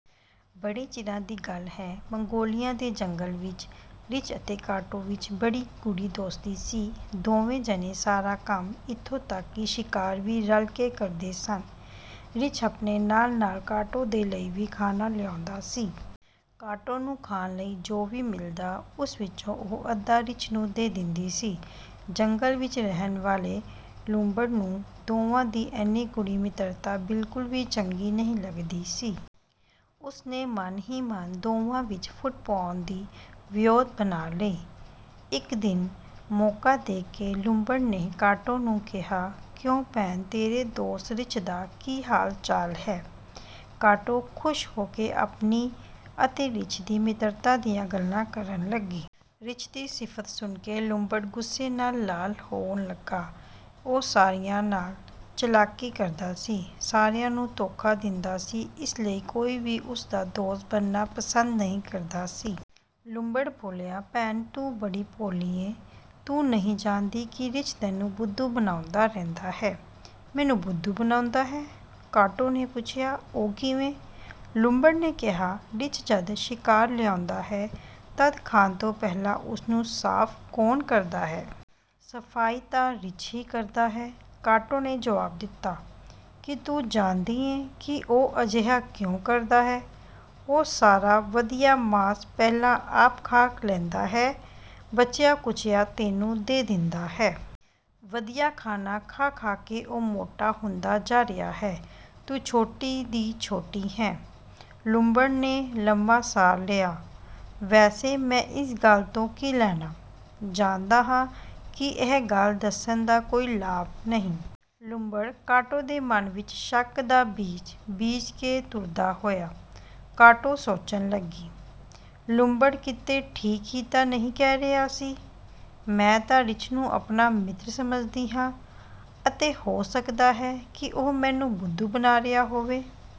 ਬੜੇ ਚਿਰਾਂ ਦੀ ਗੱਲ ਹੈ। ਮੰਗੋਲੀਆ ਦੇ ਜੰਗਲ ਵਿੱਚ ਰਿੱਛ ਅਤੇ ਕਾਟੋ ਵਿੱਚ ਬੜੀ ਗੂੜ੍ਹੀ ਦੋਸਤੀ ਸੀ। ਦੋਵੇਂ ਜਣੇ ਸਾਰਾ ਕੰਮ, ਇੱਥੋਂ ਤਕ ਕਿ ਸ਼ਿਕਾਰ ਵੀ ਰਲ ਕੇ ਕਰਦੇ ਸਨ। ਰਿੱਛ ਆਪਣੇ ਨਾਲ-ਨਾਲ ਕਾਟੋ ਦੇ ਲਈ ਵੀ ਖਾਣਾ ਲਿਆਉਂਦਾ ਸੀ। ਕਾਟੋ ਨੂੰ ਖਾਣ ਲਈ ਜੋ ਵੀ ਮਿਲਦਾ, ਉਸ ਵਿੱਚੋਂ ਉਹ ਅੱਧਾ ਰਿੱਛ ਨੂੰ ਦੇ ਦਿੰਦੀ ਸੀ। ਜੰਗਲ ਵਿੱਚ ਰਹਿਣ ਵਾਲੇ ਲੂੰਬੜ ਨੂੰ ਦੋਵਾਂ ਦੀ ਐਨੀ ਗੂੜ੍ਹੀ ਮਿੱਤਰਤਾ ਬਿਲਕੁਲ ਵੀ ਚੰਗੀ ਨਹੀਂ ਲੱਗਦੀ ਸੀ। ਉਸ ਨੇ ਮਨ ਹੀ ਮਨ ਦੋਵਾਂ ਵਿੱਚ ਫੁੱਟ ਪਾਉਣ ਦੀ ਵਿਉਂਤ ਬਣਾ ਲਈ। ਇੱਕ ਦਿਨ ਮੌਕਾ ਦੇਖ ਕੇ ਲੂੰਬੜ ਨੇ ਕਾਟੋ ਨੂੰ ਕਿਹਾ, "ਕਿਉਂ ਭੈਣ, ਤੇਰੇ ਦੋਸਤ ਰਿੱਛ ਦਾ ਕੀ ਹਾਲ-ਚਾਲ ਹੈ? " ਕਾਟੋ ਖ਼ੁਸ਼ ਹੋ ਕੇ ਆਪਣੀ ਅਤੇ ਰਿੱਛ ਦੀ ਮਿੱਤਰਤਾ ਦੀਆਂ ਗੱਲਾਂ ਕਰਨ ਲੱਗੀ। ਰਿੱਛ ਦੀ ਸਿਫ਼ਤ ਸੁਣ ਕੇ ਲੂੰਬੜ ਗੁੱਸੇ ਨਾਲ ਲਾਲ ਹੋਣ ਲੱਗਾ। ਉਹ ਸਾਰਿਆਂ ਨਾਲ ਚਲਾਕੀ ਕਰਦਾ ਸੀ। ਸਾਰਿਆਂ ਨੂੰ ਧੋਖਾ ਦਿੰਦਾ ਸੀ। ਇਸ ਲਈ ਕੋਈ ਵੀ ਉਸ ਦਾ ਦੋਸਤ ਬਣਨਾ ਪਸੰਦ ਨਹੀਂ ਕਰਦਾ ਸੀ। ਲੂੰਬੜ ਬੋਲਿਆ,"ਭੈਣ ਤੂੰ ਬੜੀ ਭੋਲੀ ਏਂ। ਤੂੰ ਨਹੀਂ ਜਾਣਦੀ ਕਿ ਰਿੱਛ ਤੈਨੂੰ ਬੁੱਧੂ ਬਣਾਉਂਦਾ ਰਹਿੰਦਾ ਹੈ? " "ਮੈਨੂੰ ਬੁੱਧੂ ਬਣਾਉਂਦਾ ਹੈ… " ਕਾਟੋ ਨੇ ਪੁੱਛਿਆ, "ਉਹ ਕਿਵੇਂ? " ਲੂੰਬੜ ਨੇ ਕਿਹਾ,"ਰਿੱਛ ਜਦ ਸ਼ਿਕਾਰ ਲਿਆਉਂਦਾ ਹੈ ਤਦ ਖਾਣ ਤੋਂ ਪਹਿਲਾਂ ਉਸ ਨੂੰ ਸਾਫ਼ ਕੌਣ ਕਰਦਾ ਹੈ? " "ਸਫ਼ਾਈ ਤਾਂ ਰਿੱਛ ਹੀ ਕਰਦਾ ਹੈ," ਕਾਟੋ ਨੇ ਜਵਾਬ ਦਿੱਤਾ। "ਕੀ ਤੂੰ ਜਾਣਦੀ ਏਂ ਕਿ ਉਹ ਅਜਿਹਾ ਕਿਉਂ ਕਰਦਾ ਹੈ? ਉਹ ਸਾਰਾ ਵਧੀਆ ਮਾਸ ਪਹਿਲਾਂ ਆਪ ਖਾ ਲੈਂਦਾ ਹੈ, ਬਚਿਆ-ਖੁਚਿਆ ਤੈਨੂੰ ਦੇ ਦਿੰਦਾ ਹੈ। ਵਧੀਆ ਖਾਣਾ ਖਾ-ਖਾ ਕੇ ਉਹ ਮੋਟਾ ਹੁੰਦਾ ਜਾ ਰਿਹਾ ਹੈ, ਤੂੰ ਛੋਟੀ ਦੀ ਛੋਟੀ ਹੈਂ। " ਲੂੰਬੜ ਨੇ ਲੰਮਾ ਸਾਹ ਲਿਆ, "ਵੈਸੇ ਮੈਂ ਇਸ ਗੱਲ ਤੋਂ ਕੀ ਲੈਣਾ! ਜਾਣਦਾ ਹਾਂ ਕਿ ਇਹ ਗੱਲ ਦੱਸਣ ਦਾ ਕੋਈ ਲਾਭ ਨਹੀਂ…। " ਲੂੰਬੜ ਕਾਟੋ ਦੇ ਮਨ ਵਿੱਚ ਸ਼ੱਕ ਦਾ ਬੀਜ, ਬੀਜ ਕੇ ਤੁਰਦਾ ਹੋਇਆ। ਕਾਟੋ ਸੋਚਣ ਲੱਗੀ, "ਲੂੰਬੜ ਕਿਤੇ ਠੀਕ ਹੀ ਤਾਂ ਨਹੀਂ ਕਹਿ ਰਿਹਾ ਸੀ। ਮੈਂ ਤਾਂ ਰਿੱਛ ਨੂੰ ਆਪਣਾ ਮਿੱਤਰ ਸਮਝਦੀ ਹਾਂ ਅਤੇ ਹੋ ਸਕਦਾ ਹੈ ਕਿ ਉਹ ਮੈਨੂੰ ਬੁੱਧੂ ਬਣਾ ਰਿਹਾ ਹੋਵੇ।